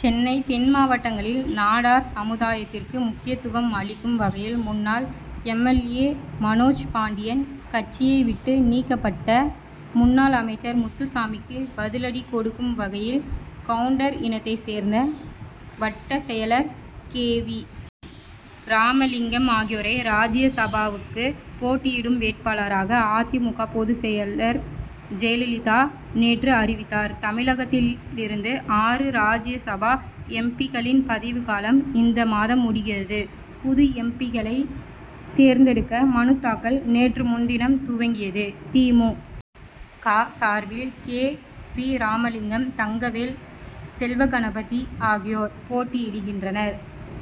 சென்னை தென் மாவட்டங்களில் நாடார் சமுதாயத்திற்கு முக்கியத்துவம் அளிக்கும் வகையில், முன்னாள் M. L. A., Manoj Pandian, கட்சியை விட்டு நீக்கப் பட்ட முன்னாள் அமைச்சர் முத்துசாமிக்கு பதிலடி கொடுக்கும் வகையில், கவுண்டர் இனத்தைச் சேர்ந்த வட்டச் செயலர் கே. வி. ராமலிங்கம் ஆகியோரை ராஜ்யசபாவுக்கு போட்டியிடும் வேட்பாளர்களாக அ. தி. மு. க., பொதுச்செயலர் ஜெயலலிதா நேற்று அறிவித்தார். தமிழகத்திலிருந்து ஆறு ராஜ்யசபா எம். பி.,க்களின் பதவிக்காலம் இந்த மாதம் முடிகிறது. புது எம். பி.,க்களை தேர்ந்தெடுக்க மனு தாக்கல் நேற்று முன்தினம் துவங்கியது. தி. மு. க., சார்பில் கே. பி. ராமலிங்கம், தங்கவேல், செல்வகணபதி ஆகியோர் போட்டியிடுகின்றனர்.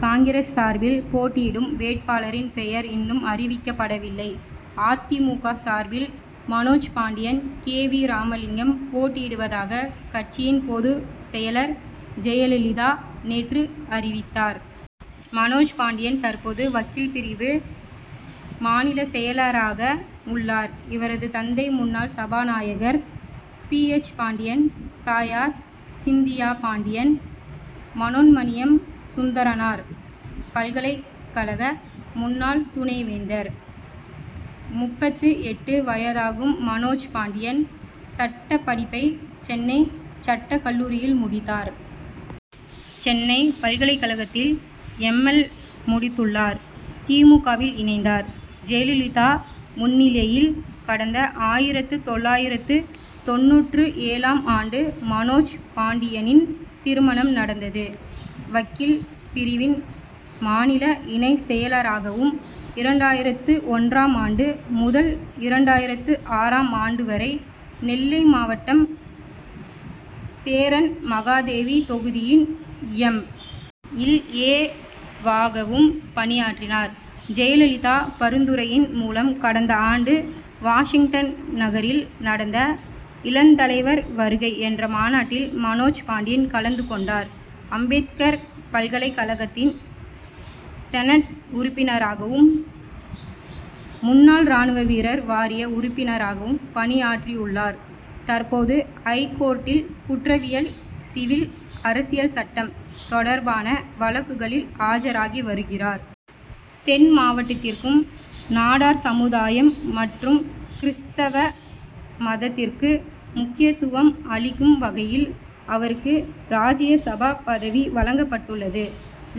காங்கிரஸ் சார்பில் போட்டியிடும் வேட்பாளரின் பெயர் இன் னும் அறிவிக்கப்படவில்லை. அ. தி. மு. க., சார் பில் மனோஜ்பாண்டியன், கே. வி. ராமலிங்கம் போட்டியிடுவதாக கட்சியின் பொதுச்செயலர் ஜெயலலிதா நேற்று அறிவித்தார். மனோஜ் பாண்டியன் தற்போது வக்கீல் பிரிவு மாநில செயலராக உள்ளார். இவரது தந்தை முன்னாள் சபாநாயகர் பி. எச். பாண்டியன். தாயார் சிந்தியா பாண்டியன், மனோன்மணியம் சுந்தரனார் பல்கலைக் கழக முன்னாள் துணைவேந்தர். முப்பத்து எட்டு வயதாகும் மனோஜ் பாண்டியன், சட்டப் படிப்பை சென்னை சட்டக் கல்லூரியில் முடித்தார். சென்னை பல்கலைக் கழகத்தில் எம். எல்., முடித்துள் ளார். தி. மு. க., வில் இணைந்தார். ஜெயலலிதா முன்னிலையில் கடந்த ஆயிரத்து தொள்ளாயிரத்து தொண்ணூற்று ஏழாம் ஆண்டு மனோஜ் பாண்டியனின் திருமணம் நடந்தது. வக்கீல் பிரிவின் மாநில இணைச் செயலராகவும், இரண்டாயிரத்து ஒன்றாம் ஆண்டு முதல் இரண்டாயிரத்து ஆறாம் ஆண்டு வரை நெல்லை மாவட்டம் சேரன்மகாதேவி தொகுதியின் எம். எல். ஏ.,வாகவும் பணியாற்றினார். ஜெயலலிதா பரிந்துரையின் மூலம் கடந்த ஆண்டு வாஷிங்டன் நகரில் நடந்த, "இளந்தலைவர் வருகை' என்ற மாநாட்டில் மனோஜ் பாண்டியன் கலந்து கொண்டார். அம்பேத்கர் பல்கலைக் கழகத்தின் செனட் உறுப்பினராகவும், முன்னாள் ராணுவ வீரர் வாரிய உறுப்பினராகவும் பணியாற்றியுள்ளார். தற்போது, ஐகோர்ட் டில் குற்றவியல், சிவில், அரசியல் சட்டம் தொடர் பான வழக்குகளில் ஆஜராகி வருகிறார். தென் மாவட்டத்திற்கும், நாடார் சமுதாயம் மற் றும் கிறிஸ்தவ மதத் திற்கு முக்கியத்துவம் அளிக்கும் வகையில் அவருக்கு ராஜ்யசபா பதவி வழங்கப்பட்டுள்ளது.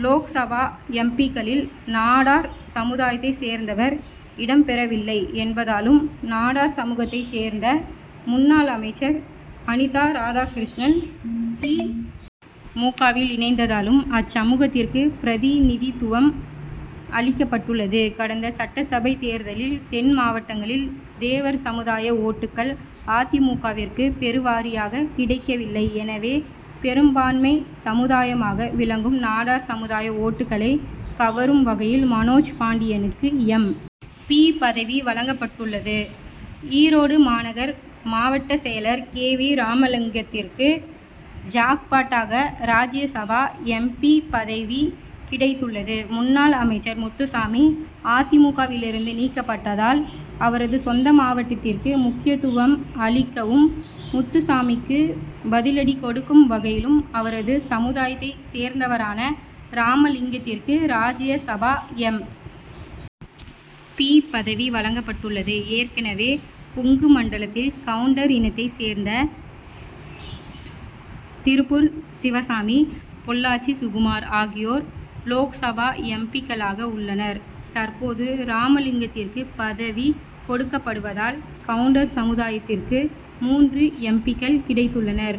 லோக்சபா எம். பி.,க்களில் நாடார் சமுதாயத்தை சேர்ந்தவர் இடம் பெறவில்லை என்பதாலும், நாடார் சமூகத்தை சேர்ந்த முன்னாள் அமைச்சர் அனிதா ராதாகிருஷ்ணன், தி. மு. க.,வில் இணைந்ததாலும் அச்சமூகத்திற்கு பிரதிநிதித்துவம் அளிக்கப்பட்டுள்ளது. கடந்த சட்டசபை தேர்தலில் தென் மாவட்டங்களில் தேவர் சமுதாய ஓட் டுக்கள் அ. தி. மு. க.,விற்கு பெருவாரியாக கிடைக்கவில்லை. எனவே, பெரும் பான்மை சமுதாயமாக விளங்கும் நாடார் சமுதாய ஓட் டுக்களை கவரும் வகையில் மனோஜ் பாண்டியனுக்கு எம். பி., பதவி வழங் கப்பட்டுள்ளது. ஈரோடு மாநகர் மாவட்டச் செயலர் கே. வி. ராமலிங்கத் திற்கு ஜாக்பாட்டாக ராஜ்யசபா எம். பி., பதவி கிடைத் துள்ளது. முன்னாள் அமைச்சர் முத்துசாமி அ. தி. மு. க.,விலிருந்து நீக்கப்பட்டதால் அவரது சொந்த மாவட்டத்திற்கு முக்கியத்துவம் அளிக்கவும், முத்துசாமிக்கு பதிலடி கொடுக்கும் வகையிலும் அவரது சமுதாயத்தைச் சேர்ந்தவரான ராமலிங்கத்திற்கு ராஜ்யசபா எம். பி., பதவி வழங்கப்பட்டுள்ளது. ஏற்கனவே, கொங்கு மண்டலத்தில் கவுண்டர் இனத்தைச் சேர்ந்த திருப்பூர் சிவசாமி, பொள்ளாச்சி சுகுமார் ஆகியோர் லோக்சபா எம். பி.,க் களாக உள்ளனர். தற்போது ராமலிங்கத்திற்கு பதவி கொடுக் கப்படுவதால் கவுண்டர் சமுதாயத்திற்கு மூன்று எம். பி.,க்கள் கிடைத்துள்ளனர்.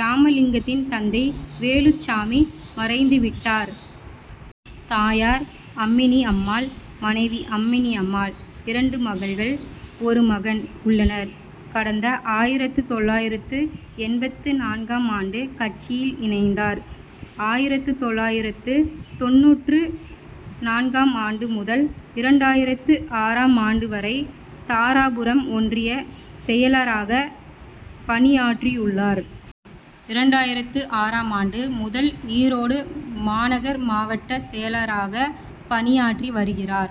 ராமலிங்கத்தின் தந்தை வேலுச் சாமி மறைந்து விட்டார். தாயார் அம்மினி அம்மாள். மனைவி அம்மனி அம்மாள். இரண்டு மகள்கள், ஒரு மகன் உள்ளனர். கடந்த ஆயிரத்து தொள்ளாயிரத்து எண்பத்து நான்காம் ஆண்டு கட்சியில் இணைந்தார். ஆயிரத்து தொள்ளாயிரத்து தொண்ணூற்று நான்காம் ஆண்டு முதல் இரண்டாயிரத்து ஆறாம் ஆண்டு வரை தாராபுரம் ஒன்றிய செயலராக பணியாற்றியுள்ளார். இரண்டாயிரத்து ஆறாம் ஆண்டு முதல் ஈரோடு மாநகர் மாவட்டச் செயலராக பணியாற்றி வருகிறார்.